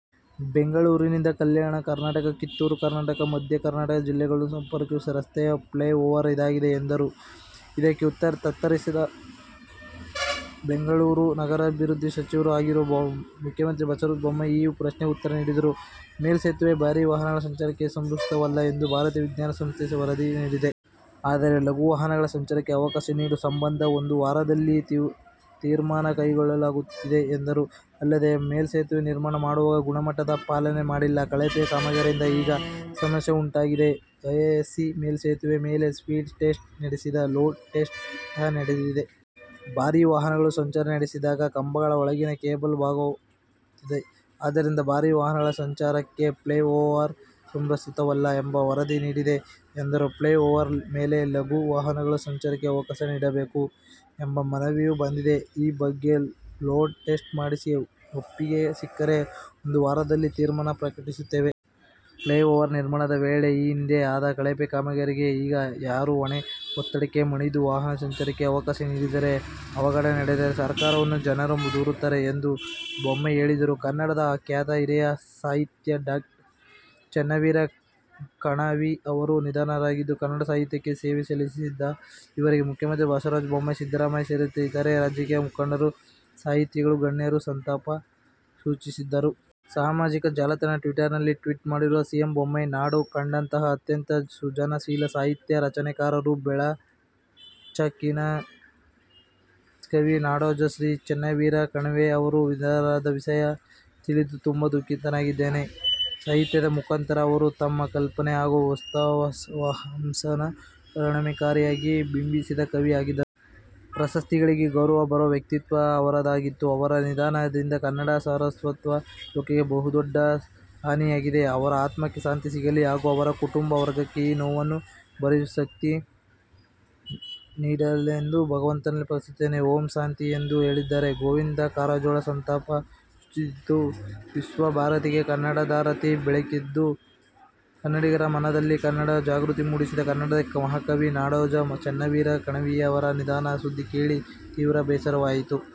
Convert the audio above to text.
ಬೆಂಗಳೂರಿನಿಂದ ಕಲ್ಯಾಣ ಕರ್ನಾಟಕ, ಕಿತ್ತೂರು ಕರ್ನಾಟಕ, ಮಧ್ಯ ಕರ್ನಾಟಕದ ಜಿಲ್ಲೆಗಳನ್ನು ಸಂಪರ್ಕಿಸುವ ರಸ್ತೆಯ ಫ್ಲೈ ಓವರ್ ಇದಾಗಿದೆ ಎಂದರು. ಇದಕ್ಕೆ ಉತ್ತರಿಸಿದ ಬೆಂಗಳೂರು ನಗರಾಭಿವೃದ್ಧಿ ಸಚಿವರೂ ಆಗಿರುವ ಮುಖ್ಯಮಂತ್ರಿ ಬಸವರಾಜ ಬೊಮ್ಮಾಯಿ ಈ ಪ್ರಶ್ನೆಗೆ ಉತ್ತರ ನೀಡಿದರು. "ಮೇಲ್ಸೆತುವೆ ಭಾರೀ ವಾಹನಗಳ ಸಂಚಾರಕ್ಕೆ ಸುರಕ್ಷಿತವಲ್ಲ ಎಂದು ಭಾರತೀಯ ವಿಜ್ಞಾನ ಸಂಸ್ಥೆ ವರದಿ ನೀಡಿದೆ. ಆದರೆ ಲಘು ವಾಹನಗಳ ಸಂಚಾರಕ್ಕೆ ಅವಕಾಶ ನೀಡುವ ಸಂಬಂಧ ಒಂದು ವಾರದಲ್ಲಿ ತೀರ್ಮಾನ ಕೈಗೊಳ್ಳಲಾಗುತ್ತದೆ" ಎಂದರು. ಅಲ್ಲದೆ 'ಮೇಲ್ಸೆತುವೆ ನಿರ್ಮಾಣ ಮಾಡುವಾಗ ಗುಣಮಟ್ಟ ಪಾಲನೆ ಮಾಡಿಲ್ಲ. ಕಳಪೆ ಕಾಮಗಾರಿಯಿಂದ ಈಗ ಸಮಸ್ಯೆ ಉಂಟಾಗಿದೆ. ಐಐಎಸ್ಸಿ ಮೇಲ್ಸೆತುವೆ ಮೇಲೆ ಸ್ಪೀಡ್ ಟೆಸ್ಟ್ ನಡೆಸಿದೆ, ಲೋಡ್ ಟೆಸ್ಟ್ ಸಹ ಮಾಡಿದೆ. ಭಾರೀ ವಾಹನಗಳು ಸಂಚಾರ ನಡೆಸಿದಾಗ ಕಂಬಗಳ ಒಳಗಿನ ಕೇಬಲ್ ಬಾಗುತ್ತದೆ. ಆದ್ದರಿಂದ ಭಾರೀ ವಾಹನಗಳ ಸಂಚಾರಕ್ಕೆ ಫ್ಲೈ ಓವರ್ ಸುರಕ್ಷಿತವಲ್ಲ ಎಂಬ ವರದಿ ನೀಡಿದೆ ಎಂದರು. "ಫ್ಲೈ ಓವರ್ ಮೇಲೆ ಲಘು ವಾಹನಗಳ ಸಂಚಾರಕ್ಕೆ ಅವಕಾಶ ನೀಡಬೇಕು ಎಂಬ ಮನವಿಯೂ ಬಂದಿದೆ. ಈ ಬಗ್ಗೆ ಲೋಡ್ ಟೆಸ್ಟ್ ಮಾಡಿಸಿ ಒಪ್ಪಿಗೆ ಸಿಕ್ಕರೆ ಒಂದು ವಾರದಲ್ಲಿ ತೀರ್ಮಾನ ಪ್ರಕಟಿಸುತ್ತೇವೆ. ಫ್ಲೈ ಓವರ್ ನಿರ್ಮಾಣದ ವೇಳೆ ಈ ಹಿಂದೆ ಆದ ಕಳಪೆ ಕಾಮಗಾರಿಗೆ ಈಗ ಯಾರು ಹೊಣೆ. ಒತ್ತಡಕ್ಕೆ ಮಣಿದು ವಾಹನ ಸಂಚಾರಕ್ಕೆ ಅವಕಾಶ ನೀಡಿದರೆ ಅವಘಡ ನಡೆದರೆ ಸರ್ಕಾರವನ್ನು ಜನರು ದೂರುತ್ತಾರೆ ಎಂದು ಬೊಮ್ಮಾಯಿ ಹೇಳಿದರು. ಕನ್ನಡದ ಖ್ಯಾತ ಹಿರಿಯ ಸಾಹಿತಿ ಡಾ. ಚೆನ್ನವೀರ ಕಣವಿ ಅವರು ನಿಧನರಾಗಿದ್ದು, ಕನ್ನಡ ಸಾಹಿತ್ಯಕ್ಕೆ ಸೇವೆ ಸಲ್ಲಿಸಿದ ಇವರಿಗೆ ಮುಖ್ಯಮಂತ್ರಿ ಬಸವರಾಜ ಬೊಮ್ಮಾಯಿ, ಸಿದ್ದರಾಮಯ್ಯ ಸೇರಿದಂತೆ ಇತರೆ ರಾಜಕೀಯ ಮುಖಂಡರು, ಸಾಹಿತಿಗಳು, ಗಣ್ಯರು ಸಂತಾಪ ಸೂಚಿಸಿದ್ದಾರೆ. ಸಾಮಾಜಿಕ ಜಾಲತಾಣ ಟ್ವಿಟರ್ ನಲ್ಲಿ ಟ್ವೀಟ್ ಮಾಡಿರುವ ಸಿಎಂ ಬೊಮ್ಮಾಯಿ, ನಾಡು ಕಂಡಂತಹ ಅತ್ಯಂತ ಸೃಜನಶೀಲ ಸಾಹಿತ್ಯ ರಚನೆಕಾರರು, ಚಂಬೆಳಕಿನ ಕವಿ, ನಾಡೋಜ ಶ್ರೀ ಚೆನ್ನವೀರ ಕಣವಿ ಅವರು ನಿಧನರಾದ ವಿಷಯ ತಿಳಿದು ತುಂಬಾ ದುಃಖಿತನಾಗಿದ್ದೇನೆ. ಸಾಹಿತ್ಯದ ಮುಖಾಂತರ ಅವರು ತಮ್ಮ ಕಲ್ಪನೆ ಹಾಗೂ ವಾಸ್ತವಾಂಶವನ್ನು ಪರಿಣಾಮಕಾರಿಯಾಗಿ ಬಿಂಬಿಸಿದ ಕವಿ ಆಗಿದ್ದರು. ಪ್ರಶಸ್ತಿಗಳಿಗೆ ಗೌರವ ಬರುವ ವ್ಯಕ್ತಿತ್ವ ಅವರದಾಗಿತ್ತು. ಅವರ ನಿಧನದಿಂದ ಕನ್ನಡ ಸಾರಸ್ವತ ಲೋಕಕ್ಕೆ ಬಹುದೊಡ್ಡ ಹಾನಿಯಾಗಿದೆ. ವರ ಆತ್ಮಕ್ಕೆ ಶಾಂತಿ ಸಿಗಲಿ ಹಾಗು ಅವರ ಕುಟುಂಬ ವರ್ಗಕ್ಕೆ ಈ ನೋವನ್ನು ಭರಿಸುವ ಶಕ್ತಿ ನೀಡಲಿಯೆಂದು ಭಗವಂತನಲ್ಲಿ ಪ್ರಾರ್ಥಿಸುತ್ತೇನೆ. ಓಂ ಶಾಂತಿಃ ಎಂದು ಹೇಳಿದ್ದಾರೆ. ಗೋವಿಂದ ಕಾರಜೋಳ ಸಂತಾಪ ಸೂಚಿಸಿದ್ದು, ವಿಶ್ವ ಭಾರತಿಗೆ ಕನ್ನಡಧಾರತಿ ಬೆಳಗಿದ ಕನ್ನಡಿಗರ ಮನದಲ್ಲಿ ಕನ್ನಡ ಜಾಗೃತಿ ಮೂಡಿಸಿದ ಕನ್ನಡದ ಮಹಾಕವಿ ನಾಡೋಜ ಚೆನ್ನವೀರ ಕಣವಿಯವರ ನಿಧನದ ಸುದ್ಧಿ ಕೇಳಿ ತೀವ್ರ ಬೇಸರವಾಯಿತು.